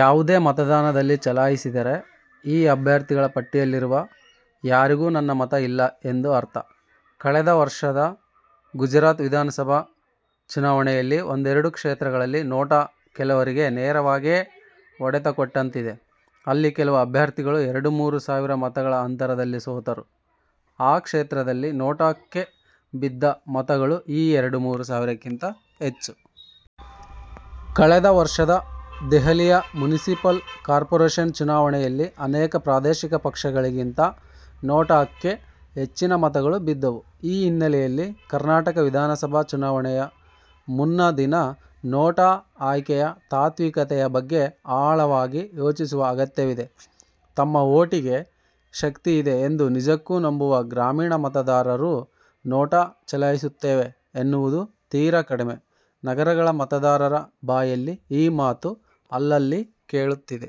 ಯಾವುದೇ ಮತದಾನದಲ್ಲಿ ಚಲಾಯಿಸಿದರೆ, 'ಈ ಅಭ್ಯರ್ಥಿಗಳ ಪಟ್ಟಿಯಲ್ಲಿರುವ ಯಾರಿಗೂ ನನ್ನ ಮತ ಇಲ್ಲ' ಎಂದು ಅರ್ಥ. ಕಳೆದ ವರ್ಷದ ಗುಜರಾತ್ ವಿಧಾನಸಭಾ ಚುನಾವಣೆಯಲ್ಲಿ ಒಂದೆರಡು ಕ್ಷೇತ್ರಗಳಲ್ಲಿ 'ನೋಟಾ' ಕೆಲವರಿಗೆ ನೇರವಾಗೇ ಹೊಡೆತ ಕೊಟ್ಟಂತಿದೆ. ಅಲ್ಲಿ ಕೆಲವು ಅಭ್ಯರ್ಥಿಗಳು ಎರಡು– ಮೂರು ಸಾವಿರ ಮತಗಳ ಅಂತರದಲ್ಲಿ ಸೋತರು; ಆ ಕ್ಷೇತ್ರಗಳಲ್ಲಿ 'ನೋಟಾ'ಕ್ಕೆ ಬಿದ್ದ ಮತಗಳು ಈ ಎರಡು– ಮೂರು ಸಾವಿರಕ್ಕಿಂತ ಹೆಚ್ಚು! ಕಳೆದ ವರ್ಷದ ದೆಹಲಿಯ ಮುನಿಸಿಪಲ್ ಕಾರ್ಪೊರೇಷನ್ ಚುನಾವಣೆಯಲ್ಲಿ ಅನೇಕ ಪ್ರಾದೇಶಿಕ ಪಕ್ಷಗಳಿಗಿಂತ 'ನೋಟಾ'ಕ್ಕೆ ಹೆಚ್ಚಿನ ಮತಗಳು ಬಿದ್ದವು. ಈ ಹಿನ್ನೆಲೆಯಲ್ಲಿ ಕರ್ನಾಟಕ ವಿಧಾನಸಭಾ ಚುನಾವಣೆಯ ಮುನ್ನಾ ದಿನ 'ನೋಟಾ' ಆಯ್ಕೆಯ ತಾತ್ವಿಕತೆಯ ಬಗ್ಗೆ ಆಳವಾಗಿ ಯೋಚಿಸುವ ಅಗತ್ಯವಿದೆ. ತಮ್ಮ ವೋಟಿಗೆ ಶಕ್ತಿಯಿದೆ ಎಂದು ನಿಜಕ್ಕೂ ನಂಬುವ ಗ್ರಾಮೀಣ ಮತದಾರರು 'ನೋಟಾ' ಚಲಾಯಿಸುತ್ತೇವೆ ಎನ್ನವುದು ತೀರಾ ಕಡಿಮೆ; ನಗರಗಳ ಮತದಾರರ ಬಾಯಲ್ಲಿ ಈ ಮಾತು ಅಲ್ಲಲ್ಲಿ ಕೇಳುತ್ತಿದೆ.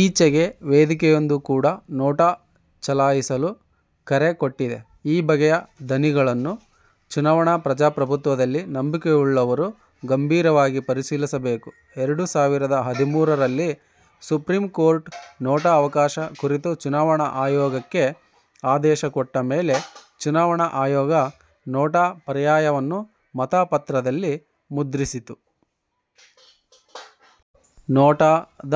ಈಚೆಗೆ ವೇದಿಕೆಯೊಂದು ಕೂಡ 'ನೋಟಾ' ಚಲಾಯಿಸಲು ಕರೆ ಕೊಟ್ಟಿದೆ. ಈ ಬಗೆಯ ದನಿಗಳನ್ನು ಚುನಾವಣಾ ಪ್ರಜಾಪ್ರಭುತ್ವದಲ್ಲಿ ನಂಬಿಕೆಯುಳ್ಳವರು ಗಂಭೀರವಾಗಿ ಪರಿಶೀಲಿಸಬೇಕು. ಎರಡು ಸಾವಿರದ ಹದಿಮೂರರಲ್ಲಿ ಸುಪ್ರೀಂ ಕೋರ್ಟು, 'ನೋಟಾ' ಅವಕಾಶ ಕುರಿತು ಚುನಾವಣಾ ಆಯೋಗಕ್ಕೆ ಆದೇಶ ಕೊಟ್ಟ ಮೇಲೆ ಚುನಾವಣಾ ಆಯೋಗ 'ನೋಟಾ' ಪರ್ಯಾಯವನ್ನು ಮತಪತ್ರದಲ್ಲಿ ಮುದ್ರಿಸಿತು. 'ನೋಟಾ'ದ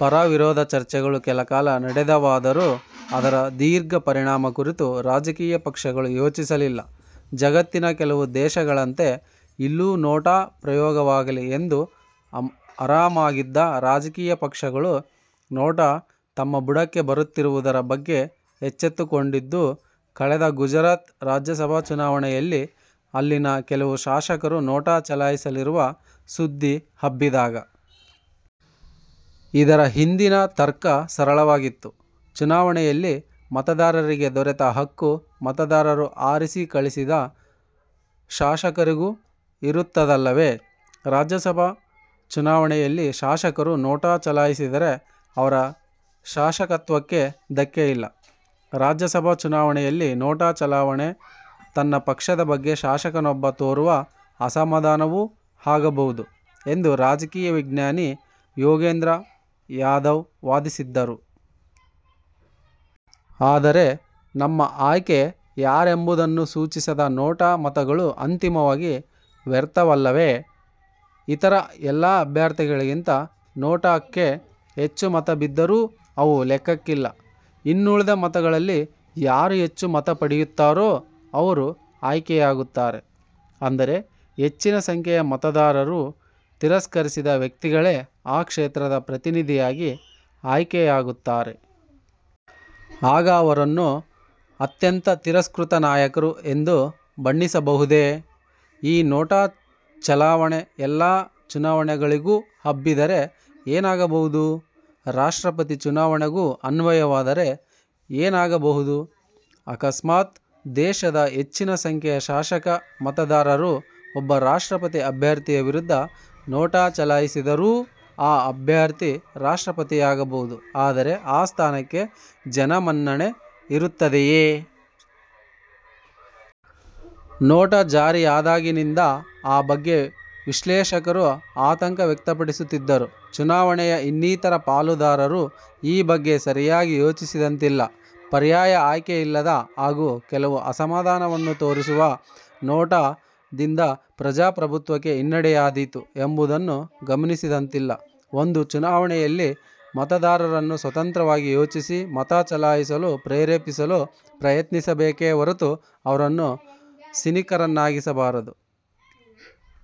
ಪರ, ವಿರೋಧ ಚರ್ಚೆಗಳು ಕೆಲಕಾಲ ನಡೆದವಾದರೂ ಅದರ ದೀರ್ಘ ಪರಿಣಾಮ ಕುರಿತು ರಾಜಕೀಯ ಪಕ್ಷಗಳು ಯೋಚಿಸಲಿಲ್ಲ. ಜಗತ್ತಿನ ಕೆಲವು ದೇಶಗಳಂತೆ ಇಲ್ಲೂ 'ನೋಟಾ' ಪ್ರಯೋಗವಾಗಲಿ ಎಂದು ಆರಾಮಾಗಿದ್ದ ರಾಜಕೀಯ ಪಕ್ಷಗಳು 'ನೋಟಾ' ತಮ್ಮ ಬುಡಕ್ಕೇ ಬರುತ್ತಿರುವುದರ ಬಗ್ಗೆ ಎಚ್ಚೆತ್ತುಕೊಂಡಿದ್ದು ಕಳೆದ ಗುಜರಾತ್ ರಾಜ್ಯಸಭಾ ಚುನಾವಣೆಯಲ್ಲಿ; ಅಲ್ಲಿನ ಕೆಲವು ಶಾಸಕರು 'ನೋಟಾ' ಚಲಾಯಿಸಲಿರುವ ಸುದ್ದಿ ಹಬ್ಬಿದಾಗ. ಇದರ ಹಿಂದಿನ ತರ್ಕ ಸರಳವಾಗಿತ್ತು: ಚುನಾವಣೆಯಲ್ಲಿ ಮತದಾರರಿಗೆ ದೊರೆತ ಹಕ್ಕು, ಮತದಾರರು ಆರಿಸಿ ಕಳಿಸಿದ ಶಾಸಕರಿಗೂ ಇರುತ್ತದಲ್ಲವೇ? ರಾಜ್ಯಸಭಾ ಚುನಾವಣೆಯಲ್ಲಿ ಶಾಸಕರು 'ನೋಟಾ' ಚಲಾಯಿಸಿದರೆ ಅವರ ಶಾಸಕತ್ವಕ್ಕೆ ಧಕ್ಕೆಯಿಲ್ಲ. 'ರಾಜ್ಯಸಭಾ ಚುನಾವಣೆಯಲ್ಲಿ 'ನೋಟಾ' ಚಲಾವಣೆ ತನ್ನ ಪಕ್ಷದ ಬಗ್ಗೆ ಶಾಸಕನೊಬ್ಬ ತೋರುವ ಅಸಮಾಧಾನವೂ ಆಗಬಹುದು' ಎಂದು ರಾಜಕೀಯ ವಿಜ್ಞಾನಿ ಯೋಗೇಂದ್ರ ಯಾದವ್ ವಾದಿಸಿದ್ದರು. ಆದರೆ, ನಮ್ಮ ಆಯ್ಕೆ ಯಾರೆಂಬುದನ್ನು ಸೂಚಿಸದ 'ನೋಟಾ' ಮತಗಳು ಅಂತಿಮವಾಗಿ ವ್ಯರ್ಥವಲ್ಲವೇ? ಇತರ ಎಲ್ಲ ಅಭ್ಯರ್ಥಿಗಳಿಗಿಂತ 'ನೋಟಾ'ಕ್ಕೆ ಹೆಚ್ಚು ಮತ ಬಿದ್ದರೂ ಅವು ಲೆಕ್ಕಕ್ಕಿಲ್ಲ. ಇನ್ನುಳಿದ ಮತಗಳಲ್ಲಿ ಯಾರು ಹೆಚ್ಚು ಮತ ಪಡೆಯುತ್ತಾರೋ ಅವರು ಆಯ್ಕೆಯಾಗುತ್ತಾರೆ. ಅಂದರೆ ಹೆಚ್ಚಿನ ಸಂಖ್ಯೆಯ ಮತದಾರರು ತಿರಸ್ಕರಿಸಿದ ವ್ಯಕ್ತಿಗಳೇ ಆ ಕ್ಷೇತ್ರದ ಪ್ರತಿನಿಧಿಯಾಗಿ ಆಯ್ಕೆ ಯಾಗುತ್ತಾರೆ. ಆಗ ಅವರನ್ನು 'ಅತ್ಯಂತ ತಿರಸ್ಕೃತ ನಾಯಕರು' ಎಂದು ಬಣ್ಣಿಸಬಹುದೇ! ಈ ನೋಟಾ ಚಲಾವಣೆ ಎಲ್ಲ ಚುನಾವಣೆಗಳಿಗೂ ಹಬ್ಬಿದರೆ ಏನಾಗಬಹುದು? ರಾಷ್ಟ್ರಪತಿ ಚುನಾವಣೆಗೂ ಅನ್ವಯವಾದರೆ ಏನಾಗಬಹುದು? ಅಕಸ್ಮಾತ್ ದೇಶದ ಹೆಚ್ಚಿನ ಸಂಖ್ಯೆಯ ಶಾಸಕ ಮತದಾರರು ಒಬ್ಬ ರಾಷ್ಟ್ರಪತಿ ಅಭ್ಯರ್ಥಿಯ ವಿರುದ್ಧ 'ನೋಟಾ' ಚಲಾಯಿಸಿದರೂ ಆ ಅಭ್ಯರ್ಥಿ ರಾಷ್ಟ್ರಪತಿಯಾಗಬಹುದು; ಆದರೆ ಆ ಸ್ಥಾನಕ್ಕೆ ಜನಮನ್ನಣೆ ಇರುತ್ತದೆಯೇ? 'ನೋಟಾ' ಜಾರಿಯಾದಾಗಿನಿಂದ ಆ ಬಗ್ಗೆ ವಿಶ್ಲೇಷಕರು ಆತಂಕ ವ್ಯಕ್ತಪಡಿಸುತ್ತಿದ್ದರೂ ಚುನಾವಣೆಯ ಇನ್ನಿತರ ಪಾಲುದಾರರು ಈ ಬಗ್ಗೆ ಸರಿಯಾಗಿ ಯೋಚಿಸಿದಂತಿಲ್ಲ. ಪರ್ಯಾಯ ಆಯ್ಕೆಯಿಲ್ಲದ ಹಾಗೂ ಕೇವಲ ಅಸಮಾಧಾನವನ್ನು ತೋರಿಸುವ 'ನೋಟಾ'ದಿಂದಪ್ರಜಾಪ್ರಭುತ್ವಕ್ಕೆ ಹಿನ್ನಡೆಯಾದೀತು ಎಂಬುದನ್ನು ಗಮನಿಸಿದಂತಿಲ್ಲ. ಒಂದು ಚುನಾವಣೆಯಲ್ಲಿ ಮತದಾರರನ್ನು ಸ್ವತಂತ್ರವಾಗಿ ಯೋಚಿಸಿ ಮತ ಚಲಾಯಿಸಲು ಪ್ರೇರೇಪಿಸಲು ಪ್ರಯತ್ನಿಸಬೇಕೇ ಹೊರತು ಅವರನ್ನು ಸಿನಿಕರನ್ನಾಗಿಸಬಾರದು.